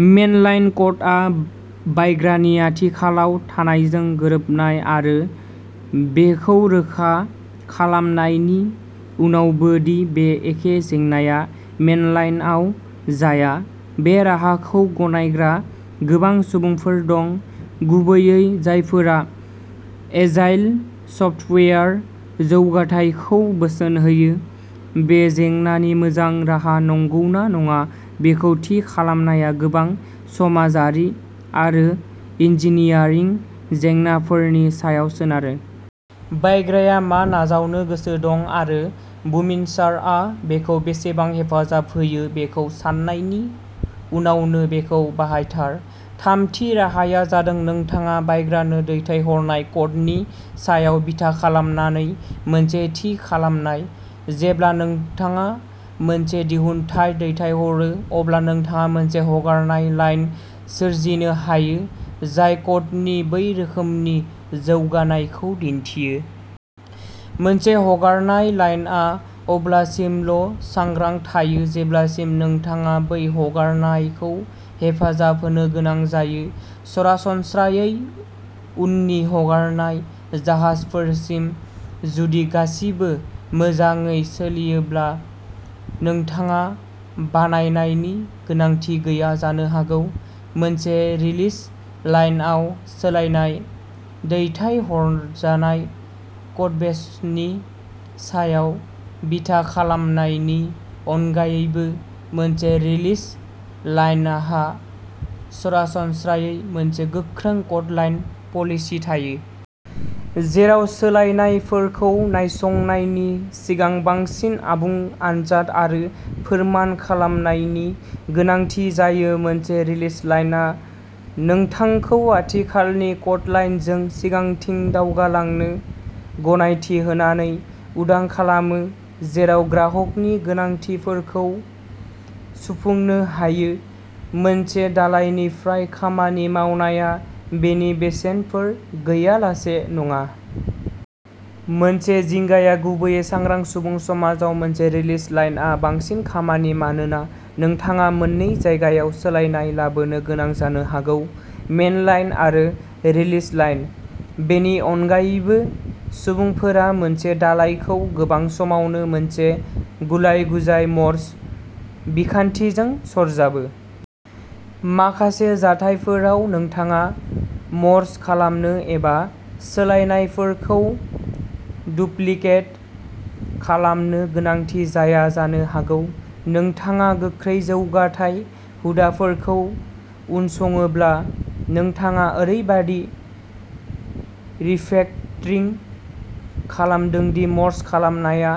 Mainline क'डआ बायग्रानि आथिखालाव थानायजों गोरोबनाय आरो बेखौ रोखा खालामनायनि उनावबो दि बे एखे जेंनाया मेनलाइनआव जाया। बे राहाखौ गनायग्रा गोबां सुबुंफोर दं। गुबैयै जायफोरा एजाइल सफ्टवेयार जौगाथायखौ बोसोन होयो। बे जेंनानि मोजां राहा नंगौना नङा बेखौ थि खालामनाया गोबां समाजारि आरो इन्जिनियारिं जेंनाफोरनि सायाव सोनारो। बायग्राया मा नाजावनो गोसो दं आरो बुमिनसारआ बेखौ बेसेबां हेफाजाब होयो बेखौ साननायनि उनावनो बेखौ बाहायथार। थामथि राहाया जादों नोंथाङा बायग्रानो दैथायहरनाय क'डनि सायाव बिथा खालामनानै मोनसे थि खालामनाय। जेब्ला नोंथाङा मोनसे दिहुनथाय दैथायहरो अब्ला नोंथाङा मोनसे हगारनाय लाइन सोरजिनो हायो जाय क'डनि बै रोखोमनि जौगानायखौ दिन्थियो। मोनसे हगारनाय लाइनआ अब्लासिमल'सांग्रां थायो जेब्लासिम नोंथाङा बै हगारनायखौ हेफाजाब होनो गोनां जायो। सरासनस्रायै उननि हगारनाय जाहाजफोरसिम। जुदि गासिबो मोजाङै सोलियोब्ला नोंथाङा बानायनायनि गोनांथि गैया जानो हागौ। मोनसे रिलिज लाइनआव सोलायनाय। दैथायहरजानाय कडबेसनि सायाव बिथा खालामनायनि अनगायैबो मोनसे रिलिज लाइनहा सरासनस्रायै मोनसे गोख्रों क'डलाइन पलिसि थायो। जेराव सोलायनायफोरखौ नायसंनायनि सिगां बांसिन आबुं आनजाद आरो फोरमान खालामनायनि गोनांथि जायो। मोनसे रिलिज लाइनआ नोंथांखौ आथिखालनि क'डलाइनजों सिगांथिं दावगालांनो गनायथि होनानै उदां खालामो। जेराव ग्राहकनि गोनांथिफोरखौ सुफुंनो हायो। मोनसे दालायनिफ्राय खामानि मावनाया बेनि बेसेनफोर गैयालासे नङा। मोनसे जिंगाया गुबैयै सांग्रां सुबुं समाजाव मोनसे रिलिज लाइनआ बांसिन खामानि मानोना नोंथाङा मोननै जायगायाव सोलायनाय लाबोनो गोनां जानो हागौ। मेनलाइन आरो रिलिज लाइन। बेनि अनगायैबो, सुबुंफोरा मोनसे दालायखौ गोबां समावनो मोनसे गुलाय-गुजाय मर्ज बिखान्थिजों सरजाबो। माखासे जाथायफोराव नोंथाङा मर्ज खालामनो एबा सोलायनायफोरखौ डुप्लिकेट खालामनो गोनांथि जाया जानो हागौ। नोंथाङा गोख्रै जौगाथाय हुदाफोरखौ उनसङोब्ला नोंथाङा ओरैबादि रिफेक्टरिं खालामदों दि मर्ज खालामनाया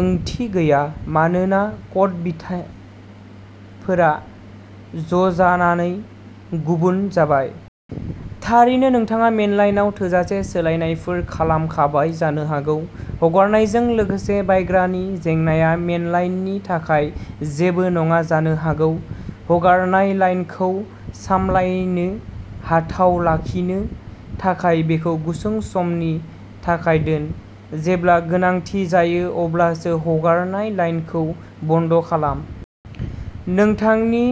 ओंथि गैया। मानोना क'ड बिथाफोरा ज'जानानै गुबुन जाबाय। थारैनो नोंथाङा मेनलाइनआव थोजासे सोलायनायफोर खालामखाबाय जानो हागौ। हगारनायजों लोगोसे बायग्रानि जेंनाया मेनलाइननि थाखाय जेबो नङा जानो हागौ। हगारनाय लाइनखौ सामलायनो हाथाव लाखिनो थाखाय बेखौ गुसुं समनि थाखाय दोन। जेब्ला गोनांथि जायो अब्लासो हगारनाय लाइनखौ बन्द खालाम। नोंथांनि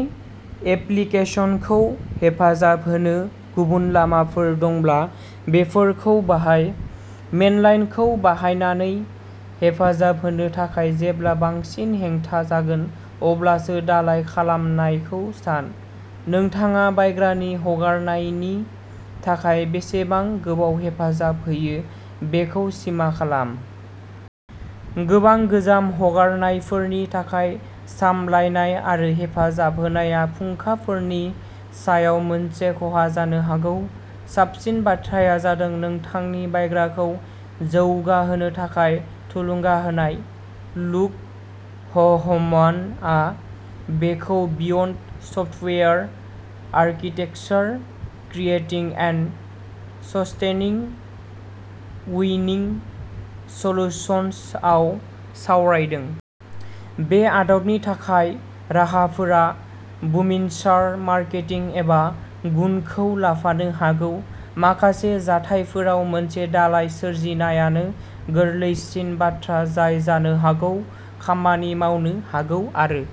एप्लिकेसनखौ हेफाजाब होनो गुबुन लामाफोर दंब्ला बेफोरखौ बाहाय। मेनलाइनखौ बाहायनानै हेफाजाब होनो थाखाय जेब्ला बांसिन हेंथा जागोन अब्लासो दालाइ खालामनायखौ सान। नोंथाङा बायग्रानि हगारनायनि थाखाय बेसेबां गोबाव हेफाजाब होयो बेखौ सिमा खालाम। गोबां गोजाम हगारनायफोरनि थाखाय सामलायनाय आरो हेफाजाब होनाया फुंखाफोरनि सायाव मोनसे खहा जानो हागौ। साबसिन बाथ्राया जादों नोंथांनि बायग्राखौ जौगा होनो थाखाय थुलुंगा होनाय। लुक ह'हमानआ बेखौ beyond software architecture creating and sustaining winning सलुशनसआव सावरायदों। बे आदबनि थाखाय राहाफोरा बुमिनसार मारकेटिं एबा गुनखौ लाफानो हागौ। माखासे जाथायफोराव मोनसे दालाय सोरजिनायानो गोरलैसिन बाथ्रा जाय जानो हागौ खामानि मावनो हागौ आरो